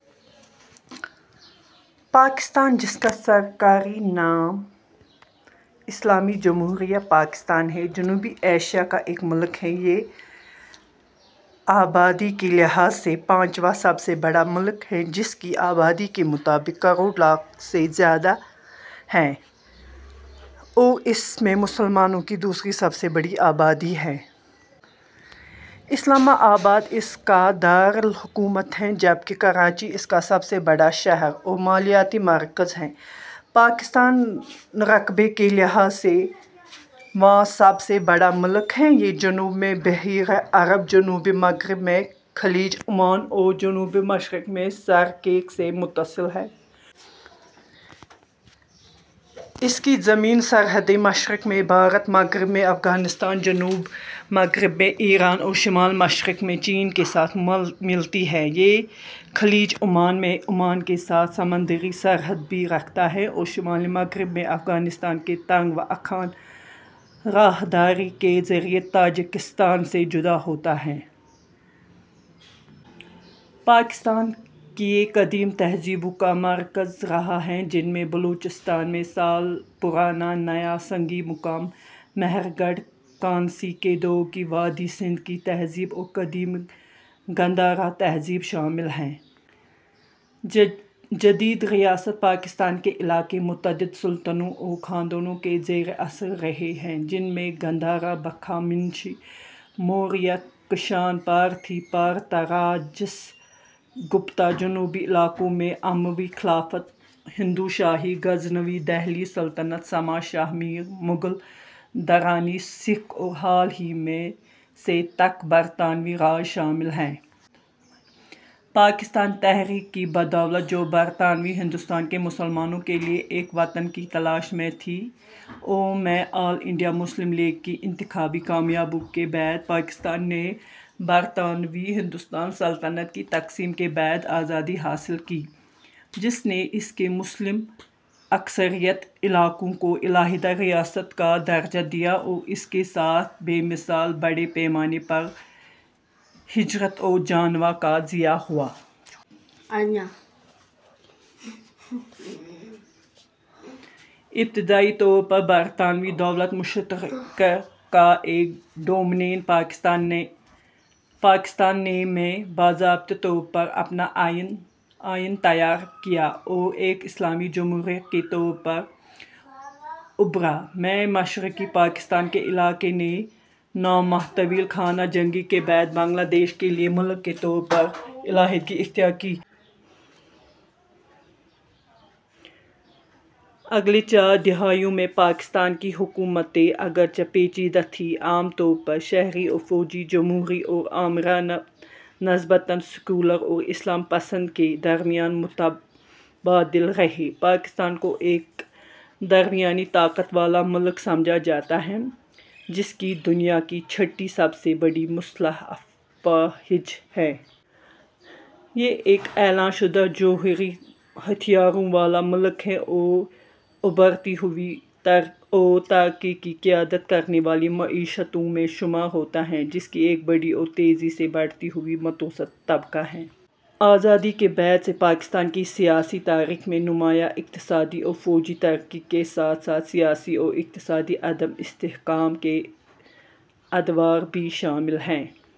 پاکستان ، جس کا سرکاری نام اسلامی جمہوریہ پاکستان ہے، جنوبی ایشیا کا ایک ملک ہے۔ یہ آبادی کے لحاظ سے پانچواں سب سے بڑا ملک ہے، جس کی آبادی کے مطابق کروڑ لاکھ سے زیادہ ہے، ٹ اور اس میں مسلمانوں کی دوسری سب سے بڑی آبادی ہے۔ اسلام آباد اس کا دار الحکومت ہے، جبکہ کراچی اس کا سب سے بڑا شہر اور مالیاتی مرکز ہے۔ پاکستان رقبے کے لحاظ سے واں سب سے بڑا ملک ہے۔ یہ جنوب میں بحیرہ عرب ، جنوب مغرب میں خلیج عمان اور جنوب مشرق میں سر کریک سے متصل ہے۔ اس کی زمینی سرحدیں مشرق میں بھارت ، مغرب میں افغانستان ، جنوب مغرب میں ایران اور شمال مشرق میں چین کے ساتھ ملتی ہیں۔ یہ خلیج عمان میں عمان کے ساتھ سمندری سرحد بھی رکھتا ہے اور شمال مغرب میں افغانستان کے تنگ واخان راہداری کے ذریعے تاجکستان سے جدا ہوتا ہے۔ پاکستان کئیی قدیم تہذیبوں کا مرکز رہا ہے، جن میں بلوچستان میں سال پرانا نیا سنگی مقام مہرگڑھ ، کانسی کے دور کی وادی سندھ کی تہذیب ، اور قدیم گندھارا تہذیب شامل ہیں۔ جدید ریاست پاکستان کے علاقے متعدد سلطنتوں اور خاندانوں کے زیر اثر رہے ہیں، جن میں گندھارا ، ہخامنشی ، موریہ ، کشان ، پارتھی ، پارتراجس ، گپتا ؛ جنوبی علاقوں میں اموی خلافت ، ہندو شاہی ، غزنوی ، دہلی سلطنت ، سما ، شاہ میر ، مغل ، درانی ، سکھ اور حال ہی میں سے تک برطانوی راج شامل ہیں۔ پاکستان تحریک کی بدولت، جو برطانوی ہندوستان کے مسلمانوں کے لیے ایک وطن کی تلاش میں تھی اور میں آل انڈیا مسلم لیگ کی انتخابی کامیابیوں کے بعد، پاکستان نے میں برطانوی ہندوستانی سلطنت کی تقسیم کے بعد آزادی حاصل کی، جس نے اس کے مسلم اکثریتی علاقوں کو علاحدہ ریاست کا درجہ دیا اور اس کے ساتھ بے مثال بڑے پیمانے پر ہجرت اور جانوں کا ضیاع ہوا۔ ابتدائی طور پر برطانوی دولت مشترکہ کا ایک ڈومینین ، پاکستان نے میں باضابطہ طور پر اپنا آئین تیار کیا اور ایک اسلامی جمہوریہ کے طور پر ابھرا۔ میں، مشرقی پاکستان کے علاقے نے نو ماہ طویل خانہ جنگی کے بعد بنگلہ دیش کے نئے ملک کے طور پر علیحدگی اختیار کی۔ اگلے چار دہائیوں میں، پاکستان کی حکومتیں، اگرچہ پیچیدہ تھیں، عام طور پر شہری اور فوجی، جمہوری اور آمرانہ، نسبتاً سیکولر اور اسلام پسند کے درمیان متبادل رہیں۔ پاکستان کو ایک درمیانی طاقت والا ملک سمجھا جاتا ہے، ث جس کی دنیا کی چھٹی سب سے بڑی مسلح افواہج ہیں۔ یہ ایک اعلان شدہ جوہری ہتھیاروں والا ملک ہے اور ابھرتی ہوئی اور ترقی کی قیادت کرنے والی معیشتوں میں شمار ہوتا ہے، جس کی ایک بڑی اور تیزی سے بڑھتی ہوئی متوسط طبقہ ہے۔ آزادی کے بعد سے پاکستان کی سیاسی تاریخ میں نمایاں اقتصادی اور فوجی ترقی کے ساتھ ساتھ سیاسی اور اقتصادی عدم استحکام کے ادوار بھی شامل ہیں۔